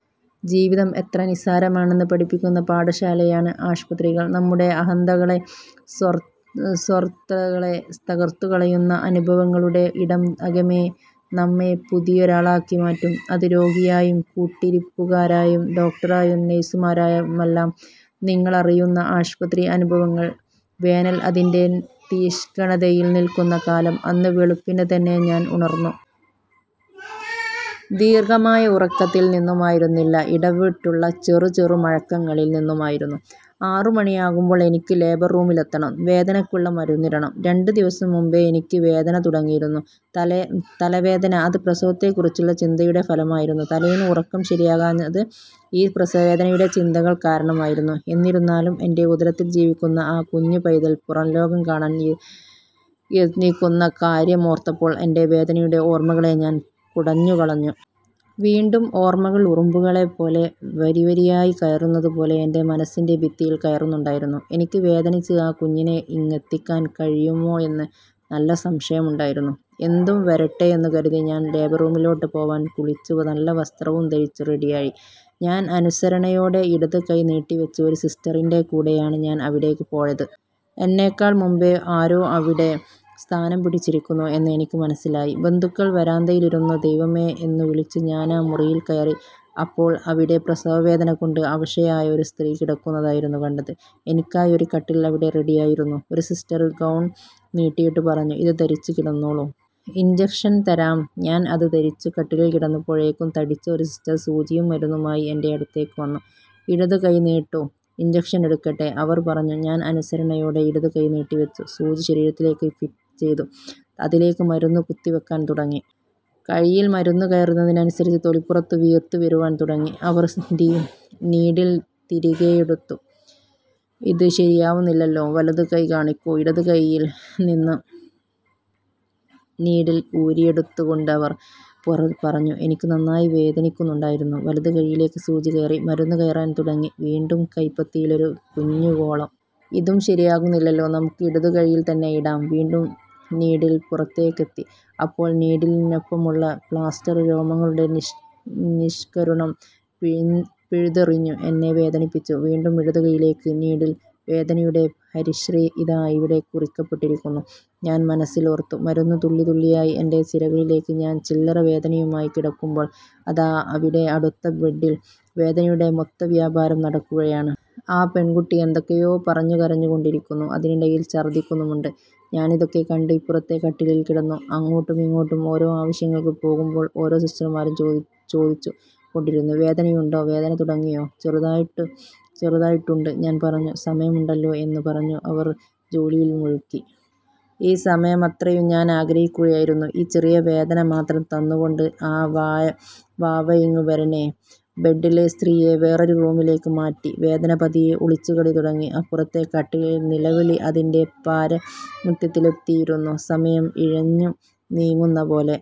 ജീവിതം എത്ര നിസ്സാരമാണെന്ന് പഠിപ്പിക്കുന്ന പാഠശാലയാണ് ആശുപത്രികള്‍. നമ്മുടെ അഹന്തകളെ, സ്വർ സ്വാര്‍ത്ഥകളെ തകര്‍ത്തുകളയുന്ന അനുഭവങ്ങളുടെ ഇടം. അകമേ നമ്മെ പുതിയൊരാളാക്കി മാറ്റും അത്. രോഗിയായും കൂട്ടിരിപ്പുകാരായും ഡോക്ടറായും നഴ്സുമാരായുമെല്ലാം നിങ്ങളറിയുന്ന ആശുപത്രി അനുഭവങ്ങള്‍. വേനൽ അതിന്‍റെ തീക്ഷ്ണതയിൽ നിൽക്കുന്ന കാലം. അന്ന് വെളുപ്പിന് തന്നെ ഞാൻ ഉണർന്നു. ദീർഘമായ ഉറക്കത്തിൽ നിന്നുമായിരുന്നില്ല ഇടവിട്ടുള്ള ചെറു ചെറു മയക്കങ്ങളിൽ നിന്നുമായിരുന്നു. ആറുമണിയാകുമ്പോൾ എനിക്ക് ലേബർ റൂമിലെത്തണം, വേദനക്കുള്ള മരുന്നിടണം. രണ്ട് ദിവസം മുമ്പേ എനിക്ക് വേദനതുടങ്ങിയിരുന്നു. തലവേദന. അത് പ്രസവത്തെക്കുറിച്ചുള്ള ചിന്തയുടെ ഫലമായിരുന്നു. തലേന്ന് ഉറക്കം ശരിയാകാഞ്ഞത് ഈ പ്രസവവേദനയുടെ ചിന്തകൾ കാരണമായിരുന്നു. എന്നിരുന്നാലും എന്റെ ഉദരത്തിൽ ജീവിക്കുന്ന ആ കുഞ്ഞുപൈതൽ പുറംലോകം കാണാൻ യത്നിക്കുന്ന കാര്യമോർത്തപ്പോൾ എന്‍റെ വേദനയുടെ ഓർമകളെ ഞാൻ കുടഞ്ഞു കളഞ്ഞു. വീണ്ടും ഓർമ്മകൾ ഉറുമ്പുകളെ പോലെ വരിവരിയായി കയറുന്നതുപോലെ എന്‍റെ മനസ്സിന്‍റെ ഭിത്തിയിൽ കയറുന്നുണ്ടായിരുന്നു. എനിക്ക് വേദനിച്ച് ആ കുഞ്ഞിനെ ഇങ്ങെത്തിക്കാൻ കഴിയുമോയെന്ന് നല്ല സംശയമുണ്ടായിരുന്നു. എന്തും വരട്ടെയെന്നു കരുതി ഞാൻ ലേബർറൂമിലേക്കു പോവാൻ കുളിച്ചു നല്ല വസ്ത്രവും ധരിച്ചു റെഡി ആയി. ഞാൻ അനുസരണയോടെ ഇടതു കൈ നീട്ടി വച്ചു ഒരു സിസ്റ്ററിന്‍റെ കൂടെയാണ് ഞാൻ അവിടേക്ക് പോയത്. എന്നേക്കാൾ മുമ്പേ ആരോ അവിടെ സ്ഥാനം പിടിച്ചിരിക്കുന്നു എന്ന് എനിക്ക് മനസ്സിലായി ബന്ധുക്കൾ വരാന്തയിലിരിക്കുന്നു. ' ദൈവമേ ' എന്നുവിളിച്ച് ഞാനാ മുറിയിൽ കയറി. അപ്പോൾ അവിടെ പ്രസവവേദന കൊണ്ട് അവശയായ ഒരു സ്ത്രീ കിടക്കുന്നതായിരുന്നു കണ്ടത്. എനിക്കായി ഒരു കട്ടിൽ അവിടെ റെഡിയായിരുന്നു. ഒരു സിസ്റ്റർ ഗൗൺ നീട്ടിയിട്ടു പറഞ്ഞു, " ഇത് ധരിച്ചു കിടന്നോളൂ. ഇൻജെക്ഷൻ തരാം. " ഞാൻ അത് ധരിച്ചു കട്ടിലിൽ കിടന്നപ്പോഴേക്കും തടിച്ച ഒരു സിസ്റ്റർ സൂചിയും മരുന്നുമായി എന്റെ അടുത്തേക്കു വന്നു. " ഇടതു കൈ നീട്ടൂ, ഇൻജക്ഷൻ എടുക്കട്ടേ '' അവർ പറഞ്ഞു. ഞാൻ അനുസരണയോടെ ഇടതു കൈ നീട്ടി വച്ചു. സൂചി ശരീരത്തിലേക്ക് ഫിറ്റ് ചെയ്ത് അതിലേക്കു മരുന്ന് കുത്തിവയ്ക്കാൻ തുടങ്ങി. കൈയിൽ മരുന്ന് കയറുന്നതിനനുസരിച്ച് തൊലിപ്പുറത്തു വീർത്തു വരുവാൻ തുടങ്ങി. അവർ നീഡിൽ തിരികെയെടുത്തു. " ഇത് ശരിയാവുന്നില്ലല്ലോ, വലതു കൈ കാണിക്കൂ. " ഇടതു കൈയിൽ നിന്ന് നീഡിൽ ഊരിയെടുത്തുകൊണ്ടവർ പറഞ്ഞു. എനിക്ക് നന്നായി വേദനിക്കുന്നുണ്ടായിരുന്നു. വലതു കൈയിലേക്ക് സൂചികയറി. മരുന്ന് കയറാൻ തുടങ്ങി. വീണ്ടും കൈപ്പത്തിയിലൊരു കുഞ്ഞുഗോളം. " ഇതും ശരിയാകുന്നില്ലല്ലോ, നമുക്ക് ഇടതുകൈയിൽ തന്നെ ഇടാം ". വീണ്ടും നീഡിൽ പുറത്തേക്കെത്തി. അപ്പോൾ നീഡിലിനൊപ്പമുള്ള പ്ലാസ്റ്റർ, രോമങ്ങൾ നിഷ്കരുണം പിഴു പിഴുതെറിഞ്ഞു. എന്നെ വേദനിപ്പിച്ചു. വീണ്ടും ഇടതുകയ്യിലേക്ക് നീഡിൽ വേദനയുടെ ഹരിശ്രീ ഇതാ ഇവിടെ കുറിക്കപ്പെട്ടിരിക്കുന്നു, ഞാൻ മനസ്സിലോർത്തു. മരുന്ന്, തുള്ളിതുള്ളിയായി എന്‍റെ സിരകളിലേക്ക് ഞാൻചില്ലറ വേദനയുമായി കിടക്കുമ്പോൾ അതാ അവിടെ അടുത്ത ബെഡ്ഡിൽ വേദനയുടെ മൊത്തവ്യാപാരം നടക്കുകയാണ്. ആ പെൺകുട്ടി എന്തൊക്കെയോ പറഞ്ഞു കരഞ്ഞു കൊണ്ടിരിക്കുന്നു. അതിനിടയിൽ ഛർദിക്കുന്നുമുണ്ട്. ഞാനിതൊക്കെ കണ്ട് ഇപ്പുറത്തെ കട്ടിലിൽ കിടന്നു. അങ്ങോട്ടുമിങ്ങോട്ടും ഓരോ ആവശ്യങ്ങൾക്ക് പോകുമ്പോൾ ഓരോ സിസ്റ്റർമാരും ചോദിച്ചു കൊണ്ടിരുന്നു, " വേദനയുണ്ടോ "," വേദന തുടങ്ങിയോ? ''," ചെറുതായിട്ടുണ്ട് " ഞാൻ പറഞ്ഞു, " സമയമുണ്ടല്ലോ " എന്ന് പറഞ്ഞ് അവർ ജോലിയിൽ മുഴുകി. ഈ സമയമത്രയും ഞാനാഗ്രഹിക്കുകയായിരുന്നു ഈ ചെറിയ വേദന മാത്രം തന്നുകൊണ്ടു ആ വാവയിങ്ങു വരണേ. ബെഡ്ഡിലെ സ്ത്രീയെ വേറൊരു റൂമിലേക്ക് മാറ്റി വേദന പതിയെ ഒളിച്ചുകളി തുടങ്ങി. അപ്പുറത്തെ കട്ടിലിൽ നിലവിളി അതിന്‍റെ പാരമ്യത്തിലെത്തിയിരുന്നു. സമയം ഇഴഞ്ഞു നീങ്ങുന്നപോലെ.